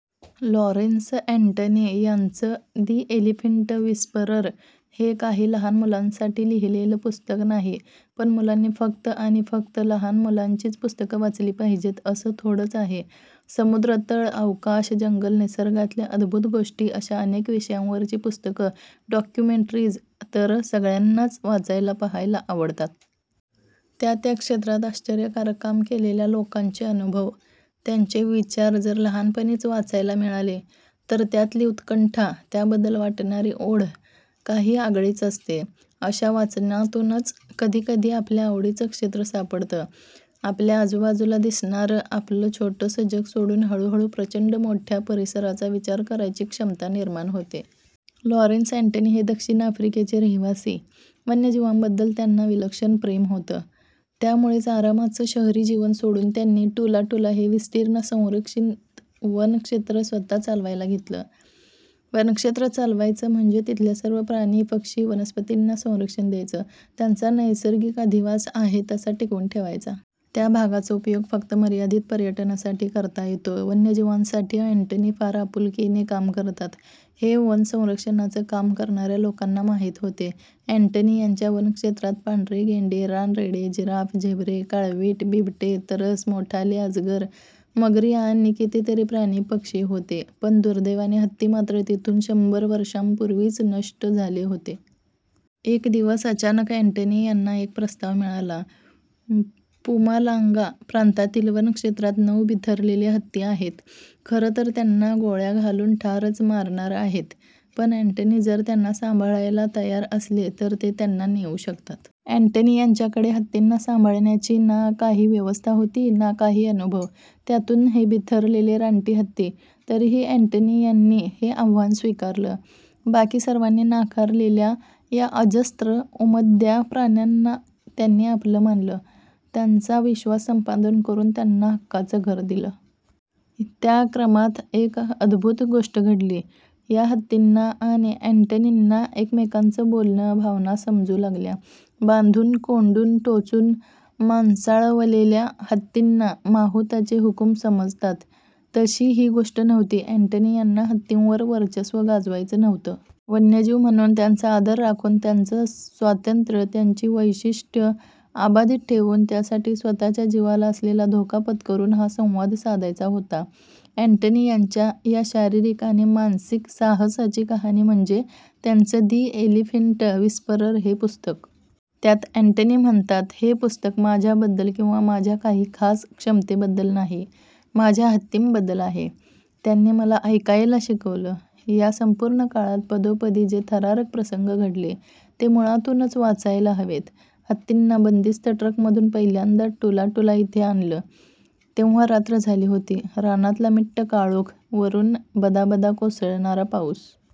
Lawrence Anthony यांचं 'the elephant whisperer' हे काही लहान मुलांसाठी लिहिलेलं पुस्तक नाही. पण मुलांनी, फक्त आणि फक्त लहान मुलांचीच पुस्तकं वाचली पाहिजेत असं थोडंच आहे? समुद्रतळ, अवकाश, जंगलं, निसर्गातल्या अद्भुत गोष्टी अशा अनेक विषयांवरची पुस्तकं, डॉक्युमेंटरीज् तर सगळ्यांनाच वाचायला, पाहायला आवडतात. त्या त्या क्षेत्रात आश्चर्यकारक काम केलेल्या लोकांचे अनुभव, त्यांचे विचार जर लहानपणीच वाचायला मिळाले, तर त्यातली उत्कंठा, त्याबद्दल वाटणारी ओढ काही आगळीच असते. अशा वाचनातूनच कधीकधी आपल्या आवडीचं क्षेत्र सापडतं. आपल्या आजूबाजूला दिसणारं आपलं छोटंसं जग सोडून हळूहळू प्रचंड मोठ्या परिसराचा विचार करायची क्षमता निर्माण होते. लॉरेन्स अँटनी हे दक्षिण आफ्रिकेचे रहिवासी. वन्यजीवांबद्दल त्यांना विलक्षण प्रेम होतं. त्यामुळेच आरामाचं शहरी जीवन सोडून त्यांनी 'टूला टूला' हे विस्तीर्ण संरक्षित वनक्षेत्र स्वतः चालवायला घेतलं. वनक्षेत्र चालवायचं म्हणजे तिथल्या सर्व प्राणी, पक्षी, वनस्पतींना संरक्षण द्यायचं, त्यांचा नैसर्गिक अधिवास आहे तसा टिकवून ठेवायचा. त्या भागाचा उपयोग फक्त मर्यादित पर्यटनासाठी करता येतो. वन्यजीवांसाठी अँटनी फार आपुलकीने काम करतात, हे वनसंरक्षणाचं काम करणाऱ्या लोकांना माहीत होतं. अँटनी यांच्या वनक्षेत्रात पांढरे गेंडे, रानरेडे, जिराफ, झेब्रे, काळवीट, बिबटे, तरस, मोठाले अजगर, मगरी आणि कितीतरी प्राणी-पक्षी होते, पण दुर्दैवाने हत्ती मात्र तिथून शंभर वर्षांपूर्वीच नष्ट झाले होते. एक दिवस अचानक अँटनी यांना एक प्रस्ताव मिळाला- म्पुमालांगा प्रांतातील वनक्षेत्रात नऊ बिथरलेले हत्ती आहेत, खरं तर त्यांना गोळ्या घालून ठारच मारणार आहेत, पण अँटनी जर त्यांना सांभाळायला तयार असले, तर ते त्यांना नेऊ शकतात! अँटनी यांच्याकडे हत्तींना सांभाळण्याची ना काही व्यवस्था होती, ना काही अनुभव. त्यातून हे बिथरलेले रानटी हत्ती! तरीही अँटनी यांनी हे आव्हान स्वीकारलं. बाकी सर्वांनी नाकारलेल्या या अजस्र, उमद्या प्राण्यांना त्यांनी आपलं मानलं. त्यांचा विश्वास संपादन करून त्यांना हक्काचं घर दिलं. त्या क्रमात एक अद्भुत गोष्ट घडली. या हत्तींना आणि अँटनींना एकमेकांचं बोलणं, भावना समजू लागल्या. बांधून, कोंडून, टोचून 'माणसाळवलेल्या' हत्तींना माहूताचे हुकूम समजतात, तशी ही गोष्ट नव्हती. अँटनी यांना हत्तींवर वर्चस्व गाजवायचं नव्हतं. वन्यजीव म्हणून त्यांचा आदर राखून, त्यांचं स्वातंत्र्य, त्यांची वैशिष्ट्यं अबाधित ठेवून, त्यासाठी स्वतःच्या जिवाला असलेला धोका पत्करून हा संवाद साधायचा होता. अँटनी यांच्या या शारीरिक आणि मानसिक साहसाची कहाणी म्हणजे त्यांचं 'दि एलिफंट विस्परर' हे पुस्तक. त्यात अँटनी म्हणतात, हे पुस्तक माझ्याबद्दल किंवा माझ्या काही खास क्षमतेबद्दल नाही, माझ्या हत्तींबद्दल आहे. त्यांनी मला 'ऐकायला' शिकवलं. या संपूर्ण काळात पदोपदी जे थरारक प्रसंग घडले, ते मुळातूनच वाचायला हवेत. हत्तींना बंदिस्त ट्रकमधून पहिल्यांदा 'टूला टूला' इथे आणलं, तेव्हा रात्र झाली होती. रानातला मिट्ट काळोख. वरून बदाबदा कोसळणारा पाऊस,